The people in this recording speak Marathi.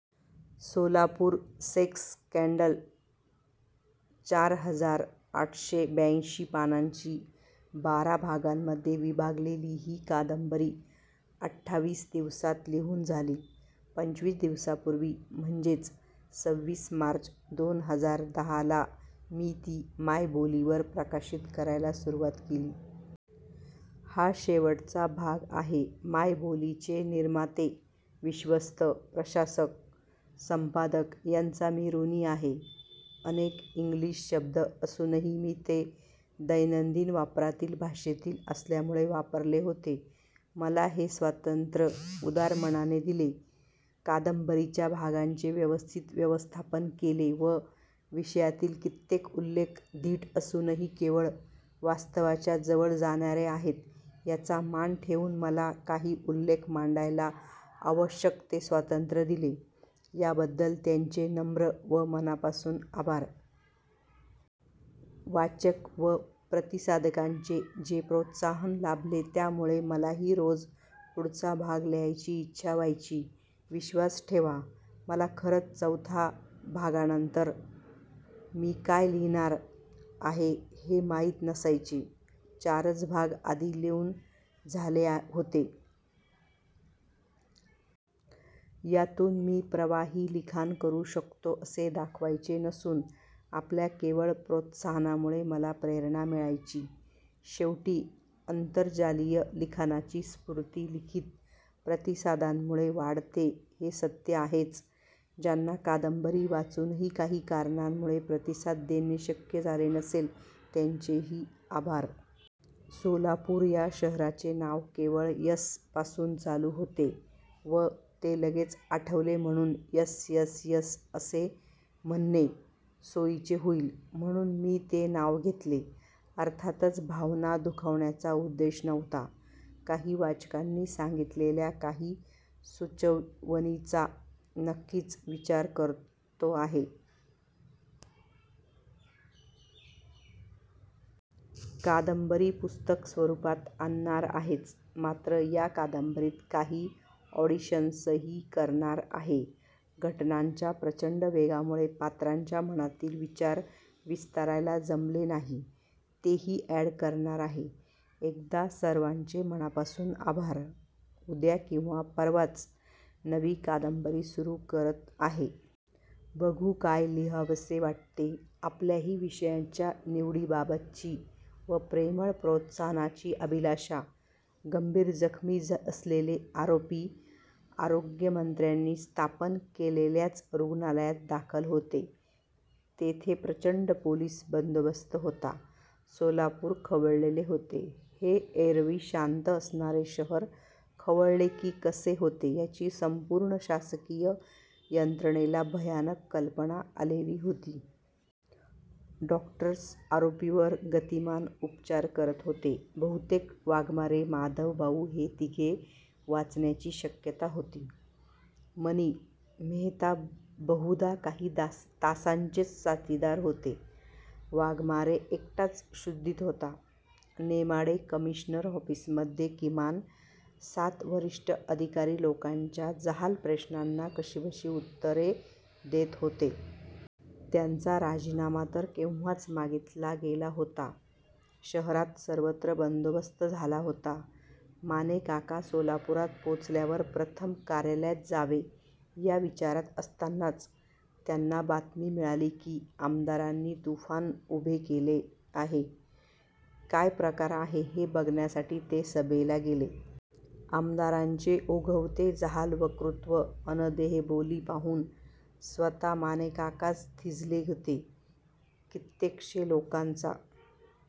सोलापूर सेक्स स्कँडल चार हजार आटशे ब्यांशी पानांची बारा भागांमधे विभागलेली ही कादंबरी आठावीस दिवसात लिहून झाली. पंचवीस दिवसांपुर्वी, म्हणजे सवीस मार्च दोन हजार दहा ला मी ती मायबोलीवर प्रकाशित करायला सुरुवात केली. हा शेवटचा भाग आहे. मायबोलीचे निर्माते, विश्वस्त, प्रशासक, संपादक यांचा मी ऋणी आहे. अनेक इंग्लिश शब्द असूनही मी ते दैनंदिन वापरातील भाषेतील असल्यामुळे वापरले होते. मला हे स्वातंत्र्य उदार मनाने दिले, कादंबरीच्या भागांचे व्यवस्थित व्यवस्थापन केले व विषयातील कित्येक उल्लेख धीट असूनही केवळ वास्तवाच्या जवळ जाणारे आहेत याचा मान ठेवून मला काही उल्लेख मांडायला आवश्यक ते स्वातंत्र्य दिले याबद्दल त्यांचे नम्र व मनापासून आभार! वाचक व प्रतिसादकांचे जे प्रोत्साहन लाभले त्यामुळे मलाही रोज पुढचा भाग लिहायची इच्छा व्हायची. विश्वास ठेवा, मला खरच चवथ्या भागानंतर मी काय लिहिणार आहे ते माहीत नसायचे. चारच भाग आधी लिहून झाले होते.. यातून मी प्रवाही लिखाण करू शकतो असे दाखवायचे नसून आपल्या प्रेमळ प्रोत्साहनामुळे मला प्रेरणा मिळायची. शेवटी आंतरजालीय लिखाणाची स्फुर्ती लिखित प्रतिसादांमुळे वाढते हे सत्य आहेच. ज्यांना कादंबरी वाचूनही काही कारणामुळे प्रतिसाद देणे शक्य झाले नसेल त्यांचेही आभार! सोलापूर या शहराचे नाव केवळ 'एस' पासून चालू होते व ते लगेच आठवले म्हणून 'एस्. एस्. एस' असे म्हणणे सोयीचे होईल म्हणून मी ते नाव घेतले. अर्थातच भावना दुखावण्याचा उद्देश नव्हता. काही वाचकांनी सांगीतलेल्या काही सुचवणींचा नक्कीच विचार करतो आहे. कादंबरी पुस्तक स्वरुपात आणणार आहेच. मात्र या कादंबरीत काही अॅडिशन्सही करणार आहे. घटनांच्या प्रचंड वेगामुळे पात्रांच्या मनातील विचार विस्तारायला जमले नाही. तेही अॅड करणार आहे. एकदा सर्वांचे मनापासून आभार! उद्या किंवा परवाच नवी कादंबरी सुरू करत आहे. बघू काय लिहावेसे वाटते. आपल्याही विषयाच्या निवडीबाबतची व प्रेमळ प्रोत्साहनाची अभिलाषा! गंभीर जखमी असलेले आरोपी आरोग्यमंत्र्यांनी स्थापन केलेल्याच रुग्णालयात दाखल होते. तेथे प्रचंड पोलिस बंदोबस्त होता. सोलापूर खवळलेले होते. हे एरवी शांत असणारे शहर खवळले की कसे होते याची संपूर्ण शासकीय यंत्रणेला भयानक कल्पना आलेली होती. डॊक्टर्स आरोपींवर गतिमान उपचार करत होते. बहुतेक वाघमारे, माधव, भाऊ हे तिघे वाचण्याची शक्यता होती. मणी, मेहता बहुधा काही तासांचेच साथीदार होते. वाघमारे एकटाच शुद्धीत होता. नेमाडे कमिशनर ऒफ़ीसमधे किमान सात वरिष्ठ अधिकारी लोकांच्या जहाल प्रश्नांना कशीबशी उत्तरे देत होते. त्यांचा राजीनामा तर केव्हाच मागीतला गेला होता. शहरात सर्वत्र बंदोबस्त झाला होता. मानेकाका सोलापुरात पोचल्यावर प्रथम कार्यालयात जावे या विचारात असतानाच त्यांना बातमी मिळाली की आमदारांनी तुफ़ान उभे केले आहे. काय प्रकार आहे हे बघण्यासाठी ते सभेला गेले. आमदारांचे ओघवते जहाल वक्तृत्व अन देहबोली पाहून स्वत: मानेकाकाच थिजले होते. कित्येकशे लोकांचा--